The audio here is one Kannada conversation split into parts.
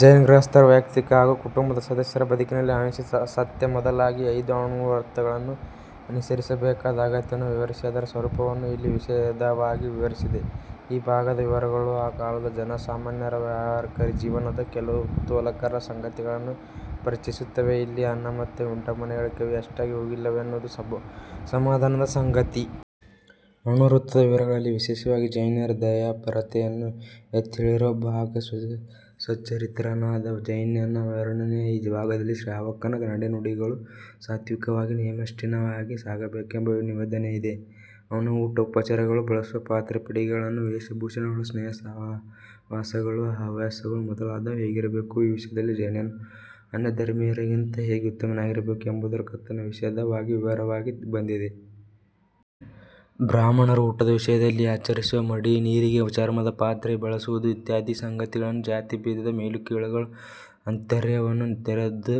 ಜೈನ ಗೃಹಸ್ಥರು ವೈಯಕ್ತಿಕ ಹಾಗೂ ಕುಟುಂಬದ ಸದಸ್ಯರ ಬದುಕಿನಲ್ಲಿ ಅಹಿಂಸೆ ಸತ್ಯ ಮೊದಲಾಗಿ ಐದು ಅಣುವ್ರತಗಳನ್ನು ಅನುಸರಿಸಬೇಕಾದ ಅಗತ್ಯವನ್ನು ವಿವರಿಸಿ, ಅದರ ಸ್ವರೂಪವನ್ನು ಇಲ್ಲಿ ವಿಶದವಾಗಿ ವಿವರಿಸಿದೆ. ಈ ಭಾಗದ ವಿವರಗಳು ಆ ಕಾಲದ ಜನಸಾಮಾನ್ಯರ ವ್ಯಾವಹಾರಿಕಜೀವನದ ಕೆಲವು ಕುತೂಹಲಕರ ಸಂಗತಿಗಳನ್ನು ಪರಿಚಯಿಸುತ್ತವೆ. ಇಲ್ಲಿ ಅನ್ಯಮತ ವಿಡಂಬನೆಗೆ ಕವಿ ಅಷ್ಟಾಗಿ ಹೋಗಿಲ್ಲವೆನ್ನುವುದು ಸಮಾಧಾನದ ಸಂಗತಿ. ಅಣುವ್ರತದ ವಿವರಗಳಲ್ಲಿ ವಿಶೇಷವಾಗಿ ಜೈನರ ದಯಾಪರತೆಯನ್ನು ಎತ್ತಿಹೇಳಿರುವ ಭಾಗ ಸಚ್ಚರಿತ್ರನಾದ ಜೈನನ ವರ್ಣನೆಯ ಈ ಭಾಗದಲ್ಲಿ ಶ್ರಾವಕನ ನಡೆ ನುಡಿಗಳು ಸಾತ್ವಿಕವಾಗಿ, ನಿಯಮನಿಷ್ಠವಾಗಿ ಸಾಗಬೇಕೆಂಬ ನಿವೇದನೆಯಿದೆ. ಅವನ ಊಟ ಉಪಚಾರಗಳು, ಬಳಸುವ ಪಾತ್ರೆ ಪಡಿಗಗಳು, ವೇಷ ಭೂಷಣಗಳು, ಸ್ನೇಹ ಸಹವಾಸಗಳು, ಹವ್ಯಾಸಗಳು ಮೊದಲಾದವು ಹೇಗಿರಬೇಕು, ಈ ವಿಷಯದಲ್ಲಿ ಜೈನನು ಆನ್ಯಧರ್ಮಿಯರಿಗಿಂತ ಹೇಗೆ ಉತ್ತಮನಾಗಿರಬೇಕು ಎಂಬುದರ ಕಥನ ವಿಶದವಾಗಿ, ವಿವರವಾಗಿ ಬಂದಿದೆ. ಬ್ರಾಹ್ಮಣರು ಊಟದ ವಿಷಯದಲ್ಲಿ ಆಚರಿಸುವ ಮಡಿ, ನೀರಿಗೆ ಚರ್ಮದ ಪಾತ್ರೆ ಬಳಸುವುದು ಇತ್ಯಾದಿ ಸಂಗತಿಗಳು ಜಾತಿಭೇದದ ಮೇಲುಕೀಳುಗಳ ಅಂತರ್ಯವನ್ನು ತೆರೆದು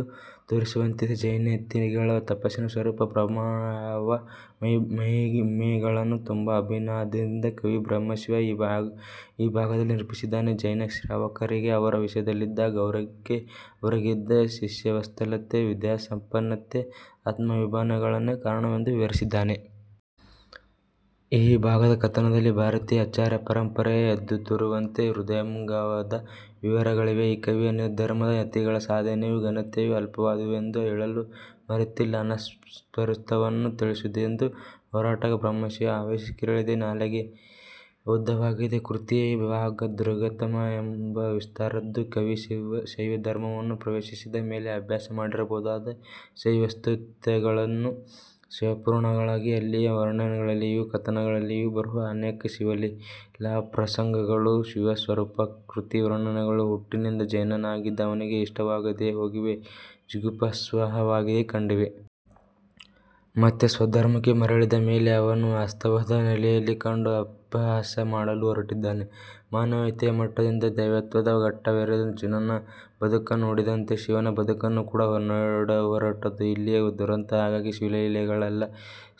ತೋರಿಸುವಂತಿದೆ. ಜೈನಯತಿಗಳ ತಪಸ್ಸಿನ ಸ್ವರೂಪ ಪ್ರಭಾವ ಮಹಿಮೆಗಳನ್ನು ತುಂಬಾ ಅಭಿಮಾನದಿಂದ ಕವಿ ಬ್ರಹ್ಮಶಿವ ಈ ಭಾಗದಲ್ಲಿ ನಿರೂಪಿಸಿದ್ದಾನೆ. ಜೈನಶ್ರಾವಕರಿಗೆ ಅವರ ವಿಷಯದಲ್ಲಿದ್ದ ಗೌರವಕ್ಕೆ ಅವರಿಗಿದ್ದ ಶಿಷ್ಯವತ್ಸಲತೆ ವಿದ್ಯಾಸಂಪನ್ನತೆ ಆತ್ಮಾಭಿಮಾನಗಳೇ ಕಾರಣವೆಂದು ವಿವರಿಸಿದ್ದಾನೆ. ಈ ಭಾಗದ ಕಥನದಲ್ಲಿ ಭಾರತೀಯ ಆಚಾರ್ಯಪರಂಪರೆಯೇ ಎದ್ದುತೋರುವಂತೆ ಹೃದಯಂಗಮವಾದ ವಿವರಗಳಿವೆ. ಕವಿ ಅನ್ಯಧರ್ಮದ ಯತಿಗಳ ಸಾಧನೆಯೂ ಘನತೆಯೂ ಅಲ್ಪವಾದುವೆಂದು ಹೇಳಲು ಮರೆತಿಲ್ಲ. ಆನಾಪ್ತಸ್ವರೂಪವನ್ನು ತಿಳಿಸುವುದೆಂದು ಹೊರಟಾಗ ಬ್ರಹ್ಮಶಿವ ಆವೇಶ ಕೆರಳಿದೆ, ನಾಲಗೆ ಉದ್ದವಾಗಿದೆ. ಕೃತಿಯ ಈ ಭಾಗ ದೀರ್ಘತಮ ಎಂಬ ವಿಸ್ತಾರದ್ದು, ಕವಿ ಶೈವಧರ್ಮವನ್ನು ಪ್ರವೇಶಿಸಿದ ಮೇಲೆ ಅಭ್ಯಾಸ ಮಾಡಿರಬಹುದಾದ ಶೈವಸ್ತುತಿಗಳೂ ಶೈವಪುರಾಣಗಳೂ, ಅಲ್ಲಿಯ ವರ್ಣನೆಗಳಲ್ಲಿಯೂ ಕಥನಗಳಲ್ಲಿಯೂ ಬರುವ ಅನೇಕ ಶಿವಲೀಲಾಪ್ರಸಂಗಗಳೂ ಶಿವಸ್ವರೂಪಾಕೃತಿ ವರ್ಣನೆಗಳೂ ಹುಟ್ಟಿನಿಂದ ಜೈನನಾಗಿದ್ದ ಅವನಿಗೆ ಇಷ್ಟವಾಗದೆಹೋಗಿವೆ, ಜುಗುಪ್ಸಾವಹವಾಗಿ ಕಂಡಿವೆ. ಮತ್ತೆ ಸ್ವಧರ್ಮಕ್ಕೆ ಮರಳಿದ ಮೇಲೆ ಅವನ್ನು ವಾಸ್ತವದ ನೆಲೆಯಲ್ಲಿ ಕಂಡು ಅಪಹಾಸ್ಯಮಾಡಲು ಹೊರಟಿದ್ದಾನೆ. ಮಾನವತೆಯ ಮಟ್ಟದಿಂದ ದೈವತ್ವದ ಘಟ್ಟವೇರಿದ ಜಿನನ ಬದುಕನ್ನು ನೋಡಿದಂತೆಯೇ ಶಿವನ ಬದುಕನ್ನು ಕೂಡ ನೋಡಹೊರಟದ್ದು ಇಲ್ಲಿಯ ದುರಂತ. ಹಾಗಾಗಿ ಶಿವಲೀಲೆಗಳೆಲ್ಲ,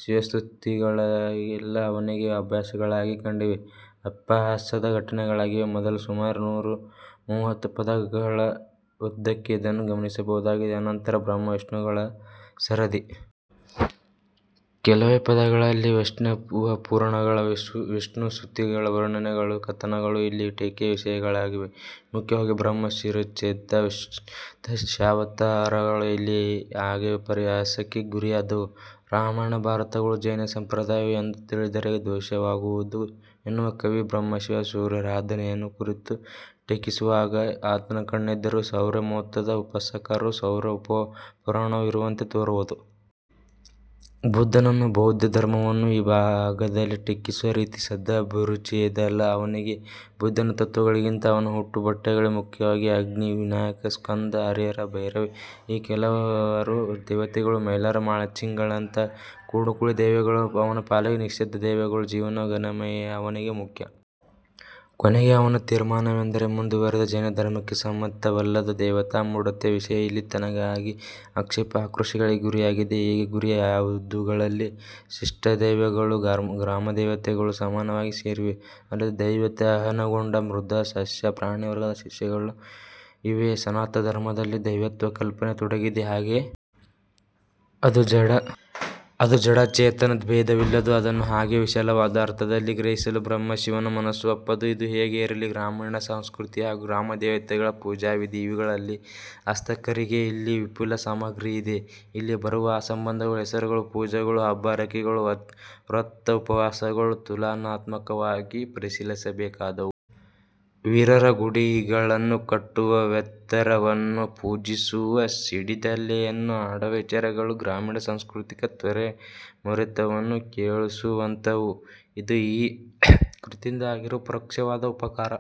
ಶಿವಸ್ತುತಿಗಳೆಲ್ಲ ಅವನಿಗೆ ಅಭಾಸಗಳಾಗಿ ಕಂಡಿವೆ, ಅಪಹಾಸ್ಯದ ಘಟನೆಗಳಾಗಿವೆ. ಮೊದಲ ಸುಮಾರು ನೂರ ಮೂವತ್ತು ಪದ್ಯಗಳ ಉದ್ದಕ್ಕೆ ಇದನ್ನು ಗಮನಿಸಬಹುದಾಗಿದೆ ಅನಂತರ ಬ್ರಹ್ಮ ವಿಷ್ಣುಗಳ ಸರದಿ. ಕೆಲವೇ ಪದ್ಯಗಳಲ್ಲಿ ವೈಷ್ಣವಪುರಾಣಗಳ, ವಿಷ್ಣುಸ್ತುತಿಗಳ ವರ್ಣನೆಗಳೂ ಕಥನಗಳೂ ಇಲ್ಲಿ ಟೀಕೆಗೆ ವಿಷಯಗಳಾಗಿವೆ. ಮುಖ್ಯವಾಗಿ ಬ್ರಹ್ಮ ಶಿರಚ್ಛೇದ, ವಿಷ್ಣುದಶಾವತಾರಗಳು, ಇಲ್ಲಿ ಹಾಗೆ ಪರಿಹಾಸಕ್ಕೆ ಗುರಿಯಾದವು. ರಾಮಾಯಣ ಭಾರತಗಳು ಜೈನ ಸಂಪ್ರದಾಯವು ಎಂದು ತಿಳಿದರೆ ದೋಷವಾಗುವುದು ಎನ್ನುವ ಕವಿ ಬ್ರಹ್ಮಶಿವ ಸೂರ್ಯಾರಾಧನೆಯನ್ನು ಕುರಿತು ಟೀಕಿಸುವಾಗ, ಆತನ ಕಣ್ಣೆದುರು ಸೌರಮತದ ಉಪಾಸಕರೂ ಸೌರ ಉಪಪುರಾಣವೂ ಇರುವಂತೆ ತೋರುವುದು. ಬುದ್ಧನನ್ನೂ ಬೌದ್ಧಧರ್ಮವನ್ನೂ ಈ ಭಾಗದಲ್ಲಿ ಟೀಕಿಸುವ ರೀತಿ ಸದಭಿರುಚಿಯದಲ್ಲ. ಅವನಿಗೆ ಬುದ್ಧನ ತತ್ತ್ವಗಳಿಗಿಂತ ಅವನ ಹುಟ್ಟು ಬಟ್ಟೆಗಳೇ ಮುಖ್ಯವಾಗಿವೆ. ಅಗ್ನಿ, ವಿನಾಯಕ, ಸ್ಕಂದ, ಹರಿಹರ, ಭೈರವಿ ಈ ಕೆಲವರು ದೇವತೆಗಳೂ ಮೈಲಾರ ಮಾಳಚಿಗಳಂತಹ ಕೂಡುಕುಳಿ ದೈವಗಳೂ ಅವನ ಪಾಲಿಗೆ ನಿಷ್ಫಲ ದೈವಗಳು. ಜಿನನ ಘನಮಹಿಮೆಯೇ ಅವನಿಗೆ ಮುಖ್ಯ. ಕೊನೆಗೆ ಅವನ ತೀರ್ಮಾನವೆಂದರೆ: ಮುಂದುವರಿದ, ಜೈನಧರ್ಮಕ್ಕೆ ಸಮ್ಮತವಲ್ಲದ ದೇವತಾ ಮೂಢತೆಯ ವಿಷಯ ಇಲ್ಲಿ ತನಿಯಾಗಿ ಆಕ್ಷೇಪ ಆಕ್ರೋಶಗಳಿಗೆ ಗುರಿಯಾಗಿದೆ. ಹೀಗೆ ಗುರಿ ಯಾದವುಗಳಲ್ಲಿ ಶಿಷ್ಟದೈವಗಳೂ ಗ್ರಾಮದೇವತೆಗಳೂ ಸಮಾನವಾಗಿ ಸೇರಿವೆ. ಅಲ್ಲದೆ ದೈವತ್ವ ಆವಾಹನೆಗೊಂಡ ಮೃದ್ – ಸಸ್ಯ – ಪ್ರಾಣಿವರ್ಗದ ವಿಶೇಷಗಳೂ ಇವೆ. ಸನಾತನಧರ್ಮದ ದೈವತ್ವಕಲ್ಪನೆ ತೊಡಗಿದ್ದೇ ಹಾಗೆ. ಅದು ಜಡ ಚೇತನ ಭೇದವಿಲ್ಲದ್ದು. ಅದನ್ನು ಹಾಗೆ ವಿಶಾಲವಾದ ಅರ್ಥದಲ್ಲಿ ಗ್ರಹಿಸಲು ಬ್ರಹ್ಮಶಿವನ ಮನಸ್ಸು ಒಪ್ಪದು. ಇದು ಹೇಗೆ ಇರಲಿ, ಗ್ರಾಮೀಣ ಸಂಸ್ಕೃತಿ ಹಾಗೂ ಗ್ರಾಮದೇವತೆಗಳ ಪೂಜಾವಿಧಿ ಇವುಗಳಲ್ಲಿ ಆಸಕ್ತರಿಗೆ ಇಲ್ಲಿ ವಿಪುಲ ಸಾಮಗ್ರಿಯಿದೆ. ಇಲ್ಲಿ ಬರುವ ಆ ಸಂಬಂಧದ ಹೆಸರುಗಳು, ಪೂಜೆಗಳು, ಹಬ್ಬ ಹರಕೆಗಳು, ವ್ರತ ಉಪವಾಸಗಳು ತುಲನಾತ್ಮಕವಾಗಿ ಪರಿಶೀಲಿಸಬೇಕಾದವು. ವೀರರ ಗುಡಿಗಳನ್ನು ಕಟ್ಟುವ, ವ್ಯಂತರವನ್ನು ಪೂಜಿಸುವ, ಸಿಡಿದಲೆಯನ್ನು ಆಡುವ ವಿಚಾರಗಳು ಗ್ರಾಮೀಣಸಂಸ್ಕೃತಿಯ ತೆರೆಮೊರೆತವನ್ನು ಕೇಳುಸುವಂಥವು. ಇದು ಈ ಕೃತಿಯಿಂದ ಆಗಿರುವ ಪರೋಕ್ಷವಾದ ಉಪಕಾರ.